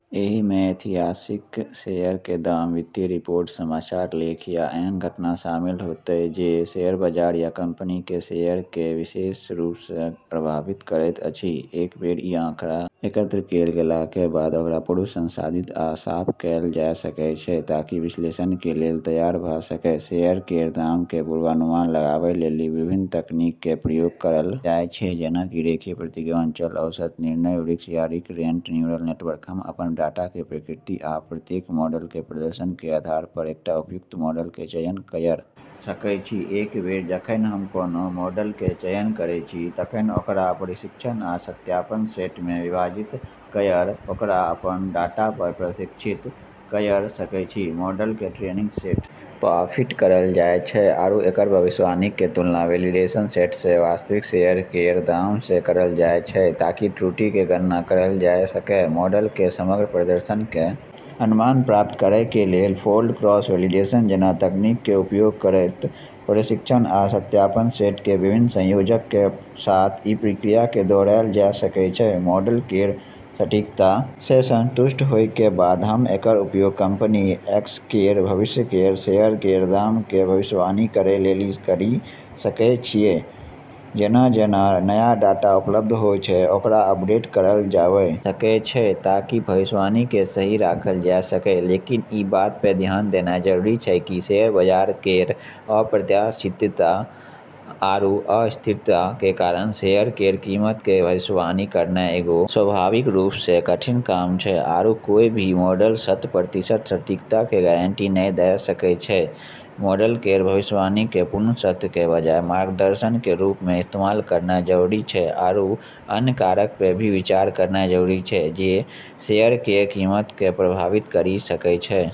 एहि मे ऐतिहासिक शेयर क दाम, वित्तीय रिपोर्ट, समाचार लेख या एहन घटना शामिल होएत जे शेयर बाजार या कंपनी क शेयर कए विशेष रूप स प्रभावित करैत अछि, एक बेर इ आंकड़ा एकत्र कैल गेलाक कें बाद ओकरा पूर्व संसाधित आ साफ कैल जा सकय छै ताकि विश्लेषण कें लेल तैयार भ सकय, शेयर केरऽ दाम के पूर्वानुमान लगाबै लेली विभिन्न तकनीक के प्रयोग करलऽ जाय छै, जेना कि रेखीय प्रतिगमन, चल औसत, निर्णय वृक्ष या रिकरेंट न्यूरल नेटवर्क, हम अपन डाटा कें प्रकृति आ प्रत्येक मॉडल कें प्रदर्शन कें आधार पर एकटा उपयुक्त मॉडल कें चयन कयर सकय छी, एक बेर जखन हम कोनों मॉडल कें चयन करय छी तखन ओकरा प्रशिक्षण आ सत्यापन सेट मे विभाजित कयर ओकरा अपन डाटा पर प्रशिक्षित कयर सकय छी, मॉडल कं ट्रेनिंग सेट प॑ फिट करलऽ जाय छै आरू एकरऽ भविष्यवाणी के तुलना वैलिडेशन सेट से वास्तविक शेयर केरऽ दाम से करलऽ जाय छै ताकि त्रुटि के गणना करलऽ जाय सकै, मॉडल कें समग्र प्रदर्शन कें अनुमान प्राप्त करय कें लेल के फोल्ड क्रॉस वैलिडेशन जैना तकनीक कें उपयोग करयत प्रशिक्षण आ सत्यापन सेट कें विभिन्न संयोजनक कें साथ इ प्रक्रिया कें दोहराएल जा सकय छै, मॉडल केरऽ सटीकता से संतुष्ट होय के बाद हम्म एकरऽ उपयोग कंपनी एक्स केरऽ भविष्य केरऽ शेयर केरऽ दाम के भविष्यवाणी करै लेली करी सकै छियै जैना-जैना नया डाटा उपलब्ध होय छै ओकरा अपडेट करलऽ जाबै सकै छै ताकि भविष्यवाणी क सही रखलऽ जाय सकै, लेकिन ई बात पे ध्यान देनाय जरूरी छै कि शेयर बाजार केरऽ अप्रत्याशितता आरू अस्थिरता के कारण शेयर केरऽ कीमत के भविष्यवाणी करना एगो स्वाभाविक रूप से कठिन काम छै, आरू कोय भी मॉडल शत प्रतिशत सटीकता के गारंटी नै दै सकै छै, मॉडल केरऽ भविष्यवाणी क पूर्ण सत्य के बजाय मार्गदर्शन के रूप मे इस्तेमाल करना जरूरी छै आरू अन्य कारकऽ पे भी विचार करनाय जरूरी छै जे शेयर केरऽ कीमत क प्रभावित करी सकै छै।